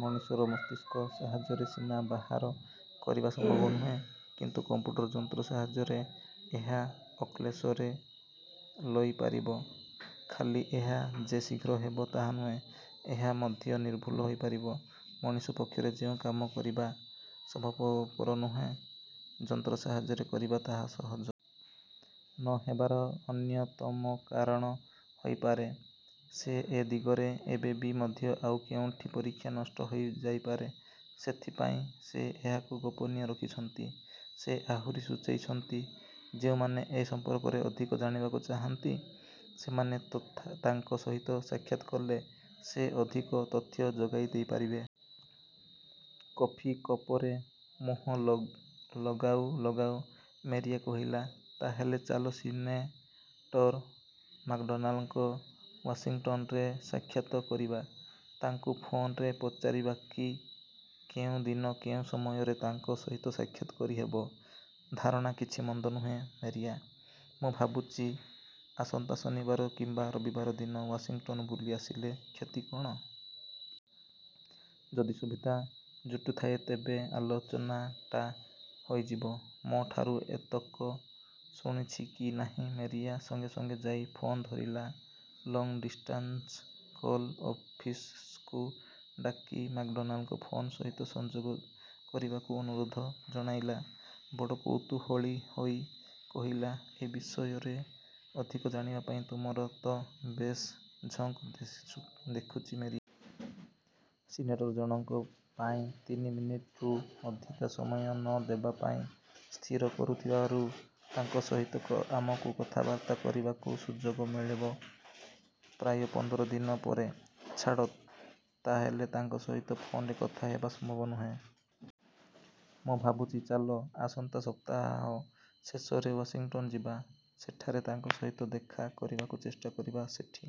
ମଣିଷର ମସ୍ତିଷ୍କ ସାହାଯ୍ୟରେ ସିନା ବାହାର କରିବା ସମ୍ଭବ ନୁହେଁ କିନ୍ତୁ କଂପ୍ୟୁଟର ଯନ୍ତ୍ର ସାହାଯ୍ୟରେ ଏହା ଅକ୍ଳେଶରେ ଲୋଇପାରିବ। ଖାଲି ଏହା ଯେ ଶୀଘ୍ର ହେବ ତା'ନୁହେଁ, ଏହା ମଧ୍ୟ ନିର୍ଭୁଲ ହୋଇପାରିବ। ମଣିଷ ପକ୍ଷରେ ଯେଉଁ କାମ କରିବା ସମ୍ଭବପର ନୁହେଁ ଯନ୍ତ୍ର ସାହାଯ୍ୟରେ କରିବା ତାହା ସହଜ। ନ ହେବାର ଅନ୍ୟତମକାରଣ ହୋଇପାରେ, ସେ ଏ ଦିଗରେ ଏବେବି ମଧ୍ୟ ଆଉ କେଉଁଠି ପରୀକ୍ଷା ନଷ୍ଟ ହୋଇଯାଇପାରେ, ସେଥିପାଇଁ ସେ ଏହାକୁ ଗୋପନୀୟ ରଖିଛନ୍ତି। ସେ ଆହୁରି ସୂଚାଇଛନ୍ତି, ଯେଉଁମାନେ ଏ ସମ୍ପର୍କରେ ଅଧିକ ଜାଣିବାକୁ ଚାହାନ୍ତି, ସେମାନେ ତାଙ୍କ ସହିତ ସାକ୍ଷାତ କଲେ, ସେ ଅଧିକ ତଥ୍ୟ ଯୋଗାଇ ଦେଇପାରିବେ। କଫି କପରେ ମୁହଁ ଲଗାଉ ଲଗାଉ ମେରିଆ କହଲା ତାହେଲେ ଚାଲ ସିନେଟର ମାକଡୋନାଲ୍ଡଙ୍କ ୱାସିଙ୍ଗଟନରେ ସାକ୍ଷାତ କରିବା। ତାଙ୍କୁ ଫୋନରେ ପଚାରିବାକି କେଉଁ ଦିନ କେଉଁ ସମୟରେ ତାଙ୍କ ସହିତ ସାକ୍ଷାତ କରି ହେବ? ଧାରଣା କିଛି ମନ୍ଦ ନୁହେଁ ମେରିଆ। ମୁଁ ଭାବୁଛି ଆସନ୍ତା ଶନିବାର କିମ୍ବା ରବିବାର ଦିନ ୱାସିଙ୍ଗଟନ୍ ବୁଲି ଆସିଲେ କ୍ଷତି କ'ଣ? ଯଦି ସୁବିଧା ଜୁଟିଯାଏ ତେବେ ଆଲୋଚନାଟା ହୋଇଯିବ। ମୋଠାରୁ ଏତକ ଶୁଣିଛି କି ନାହିଁ ମେରିଆ ସଙ୍ଗେ ସଙ୍ଗେ ଯାଇ ଫୋନ ଧରିଲା, ଲଙ୍ଗ ଡିଷ୍ଟାନସ୍ କଲ୍ ଅଫିସକୁ ଡାକି ମାକଡୋନାଲ୍ଡଙ୍କ ଫୋନ ସହିତ ସଂଯୋଗ କରିବାକୁ ଆନୁରୋଧ ଜଣାଇଲା। ବଡ଼ କୌତୂହଳୀ ହୋଇ କହିଲି, 'ଏ ବିଷୟରେ ଅଧିକ ଜାଣିବା ପାଇଁ ତୁମର ତ ବେଶ୍ ଝଙ୍କ ଦେଖୁଛି ମେରିଆ। ସିନେଟର ଜଣଙ୍କ ପାଇଁ ତିନି ମିନିଟ୍ ରୁ ଅଧିକା ସମୟ ନ ଦେବା ପାଇଁ ସ୍ଥିର କରିଥିବାରୁ ତାଙ୍କ ସହିତ ଆମକୁ କଥାବାର୍ତ୍ତା କରିବାକୁ ସୁଯୋଗ ମିଳିବ ପ୍ରାୟ ପନ୍ଦର ଦିନ ପରେ। ଛାଡ଼, ତାହେଲେ ତାଙ୍କ ସହିତ ଫୋନରେ କଥା ହେବା ସମ୍ଭବ ନୁହେଁ। ମୁଁ ଭାବୁଛି, ଚାଲ ଆସନ୍ତା ସପ୍ତାହ ଶେଷରେ ୱାସିଙ୍ଗଟନ୍ ଯିବା। ସେଠାରେ ତାଙ୍କ ସହିତ ଦେଖା କରିବାକୁ ଚେଷ୍ଟା କରିବା ସେଠି